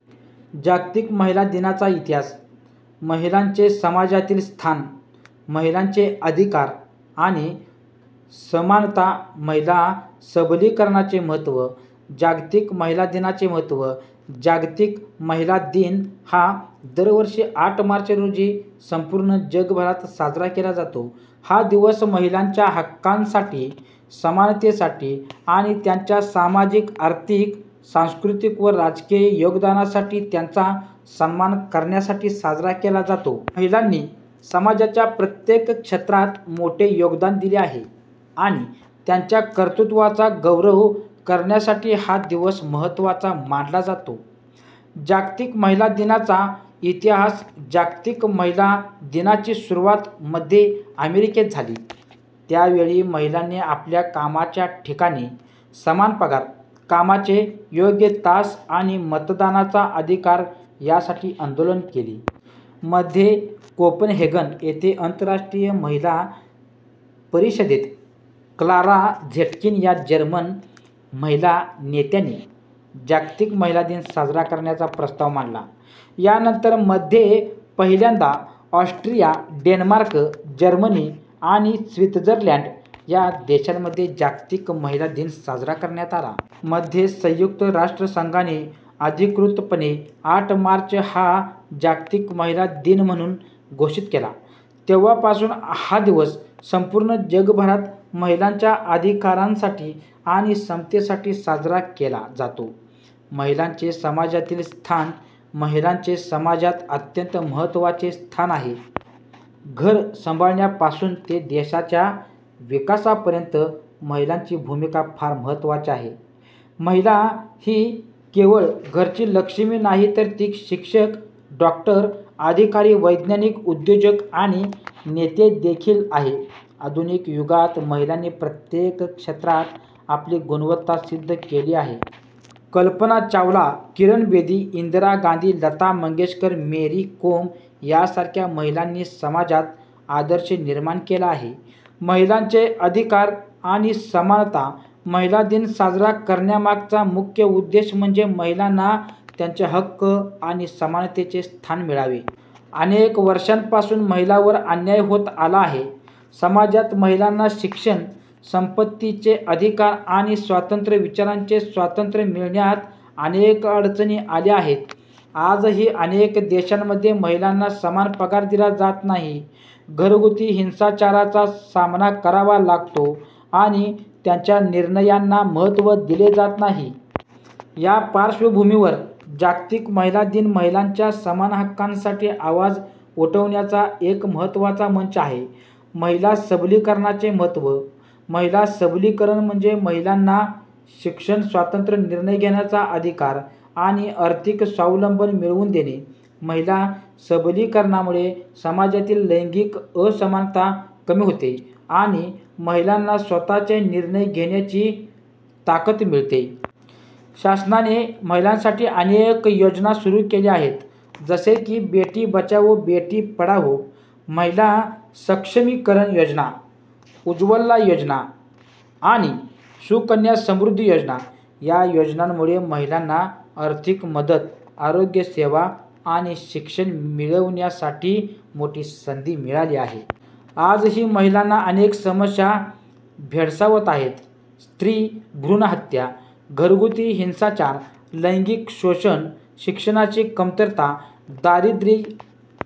जागतिक महिला दिनाचा इतिहास, महिलांचे समाजातील स्थान, महिलांचे अधिकार आणि समानता, महिला सबलीकरणाचे महत्त्व, जागतिक महिला दिनाचे महत्त्व. जागतिक महिला दिन हा दरवर्षी आठ मार्च रोजी संपूर्ण जगभरात साजरा केला जातो. हा दिवस महिलांच्या हक्कांसाठी, समानतेसाठी आणि त्यांच्या सामाजिक, आर्थिक, सांस्कृतिक व राजकीय योगदानासाठी त्यांचा सन्मान करण्यासाठी साजरा केला जातो. महिलांनी समाजाच्या प्रत्येक क्षेत्रात मोठे योगदान दिले आहे आणि त्यांच्या कर्तृत्वाचा गौरव करण्यासाठी हा दिवस महत्त्वाचा मानला जातो. जागतिक महिला दिनाचा इतिहास जागतिक महिला दिनाची सुरुवात मध्ये अमेरिकेत झाली. त्या वेळी महिलांनी आपल्या कामाच्या ठिकाणी समान पगार, कामाचे योग्य तास आणि मतदानाचा अधिकार यासाठी आंदोलन केले. मध्ये कोपनहेगन येथे आंतरराष्ट्रीय महिला परिषदेत क्लारा झेटकिन या जर्मन महिला नेत्याने जागतिक महिला दिन साजरा करण्याचा प्रस्ताव मांडला. यानंतर मध्ये पहिल्यांदा ऑस्ट्रिया, डेन्मार्क, जर्मनी आणि स्वित्झर्लंड या देशांमध्ये जागतिक महिला दिन साजरा करण्यात आला. मध्ये संयुक्त राष्ट्रसंघाने अधिकृतपणे आठ मार्च हा जागतिक महिला दिन म्हणून घोषित केला. तेव्हापासून हा दिवस संपूर्ण जगभरात महिलांच्या अधिकारांसाठी आणि समानतेसाठी साजरा केला जातो. महिलांचे समाजातील स्थान महिलांचे समाजात अत्यंत महत्त्वाचे स्थान आहे. घर सांभाळण्यापासून ते देशाच्या विकासापर्यंत महिलांची भूमिका फार महत्त्वाची आहे. महिला ही केवळ घरची लक्ष्मी नाही तर ती शिक्षक, डॉक्टर, अधिकारी, वैज्ञानिक, उद्योजक आणि नेते देखील आहे. आधुनिक युगात महिलांनी प्रत्येक क्षेत्रात आपली गुणवत्ता सिद्ध केली आहे. कल्पना चावला, किरण बेदी, इंदिरा गांधी, लता मंगेशकर, मेरी कोम यांसारख्या महिलांनी समाजात आदर्श निर्माण केला आहे. महिलांचे अधिकार आणि समानता महिला दिन साजरा करण्यामागचा मुख्य उद्देश म्हणजे महिलांना त्यांचे हक्क आणि समानतेचे स्थान मिळावे. अनेक वर्षांपासून महिलांवर अन्याय होत आला आहे. समाजात महिलांना शिक्षण, संपत्तीचे अधिकार आणि स्वतंत्र विचारांचे स्वातंत्र्य मिळण्यात अनेक अडचणी आल्या आहेत. आजही अनेक देशांमध्ये महिलांना समान पगार दिला जात नाही, घरगुती हिंसाचाराचा सामना करावा लागतो आणि त्यांच्या निर्णयांना महत्त्व दिले जात नाही. या पार्श्वभूमीवर जागतिक महिला दिन महिलांच्या समान हक्कांसाठी आवाज उठवण्याचा एक महत्त्वाचा मंच आहे. महिला सबलीकरणाचे महत्त्व महिला सबलीकरण म्हणजे महिलांना शिक्षण, स्वातंत्र्य, निर्णय घेण्याचा अधिकार आणि आर्थिक स्वावलंबन मिळवून देणे. महिला सबलीकरणामुळे समाजातील लैंगिक असमानता कमी होते आणि महिलांना स्वतःचे निर्णय घेण्याची ताकद मिळते. शासनाने महिलांसाठी अनेक योजना सुरू केल्या आहेत जसे की बेटी बचाओ बेटी पढाओ, महिला सक्षमीकरण योजना, उज्ज्वला योजना आणि सुकन्या समृद्धी योजना. या योजनांमुळे महिलांना आर्थिक मदत, आरोग्यसेवा आणि शिक्षण मिळवण्यासाठी मोठी संधी मिळाली आहे. आजही महिलांना अनेक समस्या भेडसावत आहेत. स्त्री भ्रूणहत्या, घरगुती हिंसाचार, लैंगिक शोषण, शिक्षणाची कमतरता, दारिद्र्य आणि